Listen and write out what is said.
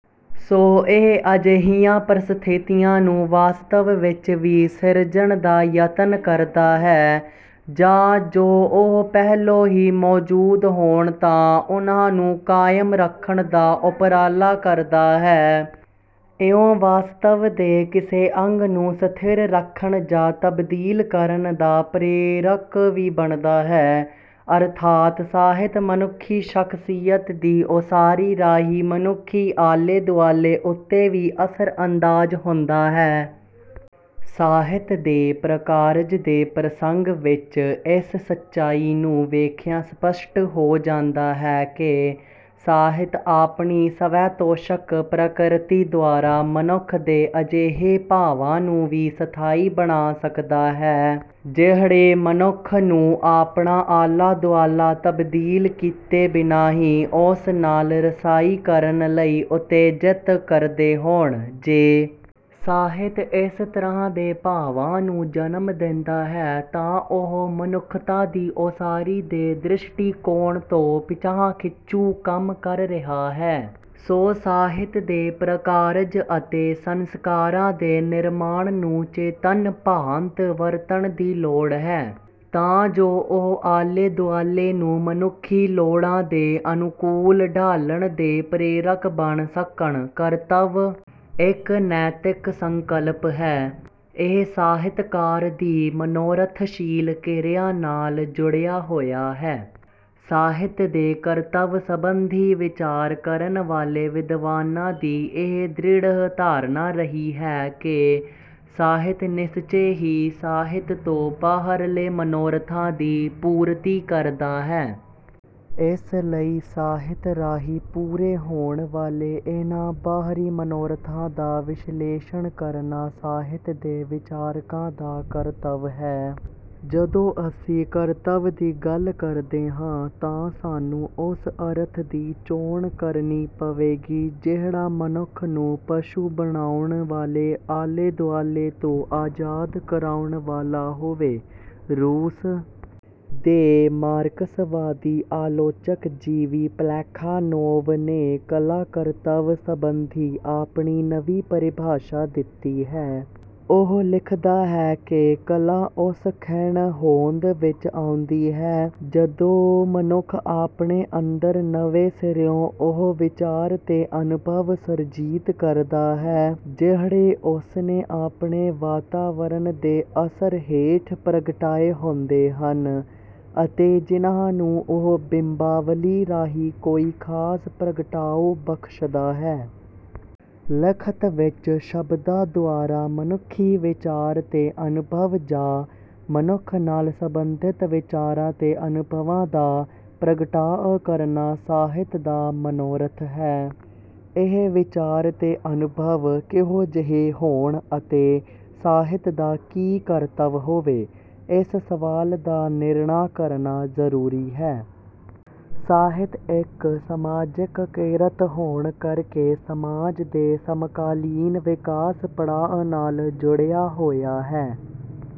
ਸੋ ਇਹ ਅਜਿਹੀਆਂ ਪ੍ਰਸਥਿਤੀਆਂ ਨੂੰ ਵਾਸਤਵ ਵਿੱਚ ਵੀ ਸਿਰਜਣ ਦਾ ਯਤਨ ਕਰਦਾ ਹੈ ਜਾਂ ਜੋ ਉਹ ਪਹਿਲੋਂ ਹੀ ਮੌਜੂਦ ਹੋਣ ਤਾਂ ਉਨ੍ਹਾਂ ਨੂੰ ਕਾਇਮ ਰੱਖਣ ਦਾ ਉਪਰਾਲਾ ਕਰਦਾ ਹੈ। ਇਉਂ ਵਾਸਤਵ ਦੇ ਕਿਸੇ ਅੰਗ ਨੂੰ ਸਥਿਰ ਰੱਖਣ ਜਾਂ ਤਬਦੀਲ ਕਰਨ ਦਾ ਪ੍ਰੇਰਕ ਵੀ ਬਣਦਾ ਹੈ, ਅਰਥਾਤ ਸਾਹਿਤ ਮਨੁੱਖੀ ਸ਼ਖ਼ਸੀਅਤ ਦੀ ਉਸਾਰੀ ਰਾਹੀਂ ਮਨੁੱਖੀ ਆਲੇ-ਦੁਆਲੇ ਉੱਤੇ ਵੀ ਅਸਰ-ਅੰਦਾਜ਼ ਹੁੰਦਾ ਹੈ। ਸਾਹਿਤ ਦੇ ਪ੍ਰਕਾਰਜ ਦੇ ਪ੍ਰਸੰਗ ਵਿੱਚ ਇਸ ਸਚਾਈ ਨੂੰ ਵੇਖਿਆਂ ਸਪੱਸ਼ਟ ਹੋ ਜਾਂਦਾ ਹੈ ਕਿ ਸਾਹਿਤ ਆਪਣੀ ਸਵੈ-ਤੋਸ਼ਕ ਪ੍ਰਕਿਰਤੀ ਦੁਆਰਾ ਮਨੁੱਖ ਦੇ ਅਜਿਹੇ ਭਾਵਾਂ ਨੂੰ ਵੀ ਸਥਾਈ ਬਣਾ ਸਕਦਾ ਹੈ ਜਿਹੜੇ ਮਨੁੱਖ ਨੂੰ ਆਪਣਾ ਆਲਾ-ਦੁਆਲਾ ਤਬਦੀਲ ਕੀਤੇ ਬਿਨਾਂ ਹੀ ਉਸ ਨਾਲ ਰਸਾਈ ਕਰਨ ਲਈ ਉਤੇਜਿਤ ਕਰਦੇ ਹੋਣ। ਜੇ ਸਾਹਿਤ ਇਸ ਤਰ੍ਹਾਂ ਦੇ ਭਾਵਾਂ ਨੂੰ ਜਨਮ ਦਿੰਦਾ ਹੈ ਤਾਂ ਉਹ ਮਨੁੱਖਤਾ ਦੀ ਉਸਾਰੀ ਦੇ ਦ੍ਰਿਸ਼ਟੀਕੋਣ ਤੋਂ ਪਿਛਾਂਹ-ਖਿੱਚੂ ਕੰਮ ਕਰ ਰਿਹਾ ਹੈ। ਸੋ ਸਾਹਿਤ ਦੇ ਪ੍ਰਕਾਰਜ ਅਤੇ ਸੰਸਕਾਰਾਂ ਦੇ ਨਿਰਮਾਣ ਨੂੰ ਚੇਤੰਨ ਭਾਂਤ ਵਰਤਣ ਦੀ ਲੋੜ ਹੈ, ਤਾਂ ਜੋ ਉਹ ਆਲੇ-ਦੁਆਲੇ ਨੂੰ ਮਨੁੱਖੀ ਲੋੜਾਂ ਦੇ ਅਨੁਕੂਲ ਢਾਲਣ ਦੇ ਪ੍ਰੇਰਕ ਬਣ ਸਕਣ। ਕਰਤੱਵ ਇੱਕ ਨੈਤਿਕ ਸੰਕਲਪ ਹੈ। ਇਹ ਸਾਹਿਤਕਾਰ ਦੀ ਮਨੋਰਥਸ਼ੀਲ ਕਿਰਿਆ ਨਾਲ ਜੁੜਿਆ ਹੋਇਆ ਹੈ। ਸਾਹਿਤ ਦੇ ਕਰਤੱਵ ਸਬੰਧੀ ਵਿਚਾਰ ਕਰਨ ਵਾਲੇ ਵਿਦਵਾਨਾਂ ਦੀ ਇਹ ਦ੍ਰਿੜ੍ਹ ਧਾਰਨਾ ਰਹੀ ਹੈ ਕਿ ਸਾਹਿਤ ਨਿਸਚੇ ਹੀ ਸਾਹਿਤ ਤੋਂ ਬਾਹਰਲੇ ਮਨੋਰਥਾਂ ਦੀ ਪੂਰਤੀ ਕਰਦਾ ਹੈ। ਇਸ ਲਈ ਸਾਹਿਤ ਰਾਹੀਂ ਪੂਰੇ ਹੋਣ ਵਾਲੇ ਇਨ੍ਹਾਂ ਬਾਹਰੀ ਮਨੋਰਥਾਂ ਦਾ ਵਿਸ਼ਲੇਸ਼ਣ ਕਰਨਾ ਸਾਹਿਤ ਦੇ ਵਿਚਾਰਕਾਂ ਦਾ ਕਰਤੱਵ ਹੈ। ਜਦੋਂ ਅਸੀਂ ਕਰਤੱਵ ਦੀ ਗੱਲ ਕਰਦੇ ਹਾਂ ਤਾਂ ਸਾਨੂੰ ਉਸ ਅਰਥ ਦੀ ਚੋਣ ਕਰਨੀ ਪਵੇਗੀ ਜਿਹੜਾ ਮਨੁੱਖ ਨੂੰ ਪਸ਼ੂ ਬਣਾਉਣ ਵਾਲੇ ਆਲੇ-ਦੁਆਲੇ ਤੋਂ ਆਜ਼ਾਦ ਕਰਾਉਣ ਵਾਲਾ ਹੋਵੇ। ਰੂਸ ਦੇ ਮਾਰਕਸਵਾਦੀ ਆਲੋਚਕ ਜੀ. ਵੀ. ਪਲੈਖਾਨੋਵ ਨੇ ਕਲਾ-ਕਰਤੱਵ ਸਬੰਧੀ ਆਪਣੀ ਨਵੀਂ ਪਰਿਭਾਸ਼ਾ ਦਿੱਤੀ ਹੈ। ਉਹ ਲਿਖਦਾ ਹੈ ਕਿ ਕਲਾ ਉਸ ਖਿਣ ਹੋਂਦ ਵਿੱਚ ਆਉਂਦੀ ਹੈ ਜਦੋਂ ਮਨੁੱਖ ਆਪਣੇ ਅੰਦਰ ਨਵੇਂ ਸਿਰਿਓਂ ਉਹ ਵਿਚਾਰ ਤੇ ਅਨੁਭਵ ਸੁਰਜੀਤ ਕਰਦਾ ਹੈ ਜਿਹੜੇ ਉਸਨੇ ਆਪਣੇ ਵਾਤਾਵਰਨ ਦੇ ਅਸਰ ਹੇਠ ਪ੍ਰਗਟਾਏ ਹੁੰਦੇ ਹਨ ਅਤੇ ਜਿਨ੍ਹਾਂ ਨੂੰ ਉਹ ਬਿੰਬਾਵਲੀ ਰਾਹੀਂ ਕੋਈ ਖਾਸ ਪ੍ਰਗਟਾਓ ਬਖਸ਼ਦਾ ਹੈ। ਲਿਖਤ ਵਿੱਚ ਸ਼ਬਦਾਂ ਦੁਆਰਾ ਮਨੁੱਖੀ ਵਿਚਾਰ ਤੇ ਅਨੁਭਵ ਜਾਂ ਮਨੁੱਖ ਨਾਲ ਸਬੰਧਿਤ ਵਿਚਾਰਾਂ ਤੇ ਅਨੁਭਵਾਂ ਦਾ ਪ੍ਰਗਟਾਅ ਕਰਨਾ ਸਾਹਿਤ ਦਾ ਮਨੋਰਥ ਹੈ। ਇਹ ਵਿਚਾਰ ਤੇ ਅਨੁਭਵ ਕਿਹੋ ਜਿਹੇ ਹੋਣ ਅਤੇ ਸਾਹਿਤ ਦਾ ਕੀ ਕਰਤੱਵ ਹੋਵੇ, ਇਸ ਸਵਾਲ ਦਾ ਨਿਰਣਾ ਕਰਨਾ ਜ਼ਰੂਰੀ ਹੈ। ਸਾਹਿਤ ਇੱਕ ਸਮਾਜਿਕ ਕਿਰਤ ਹੋਣ ਕਰਕੇ ਸਮਾਜ ਦੇ ਸਮਕਾਲੀਨ ਵਿਕਾਸ-ਪੜਾਅ ਨਾਲ ਜੁੜਿਆ ਹੋਇਆ ਹੈ।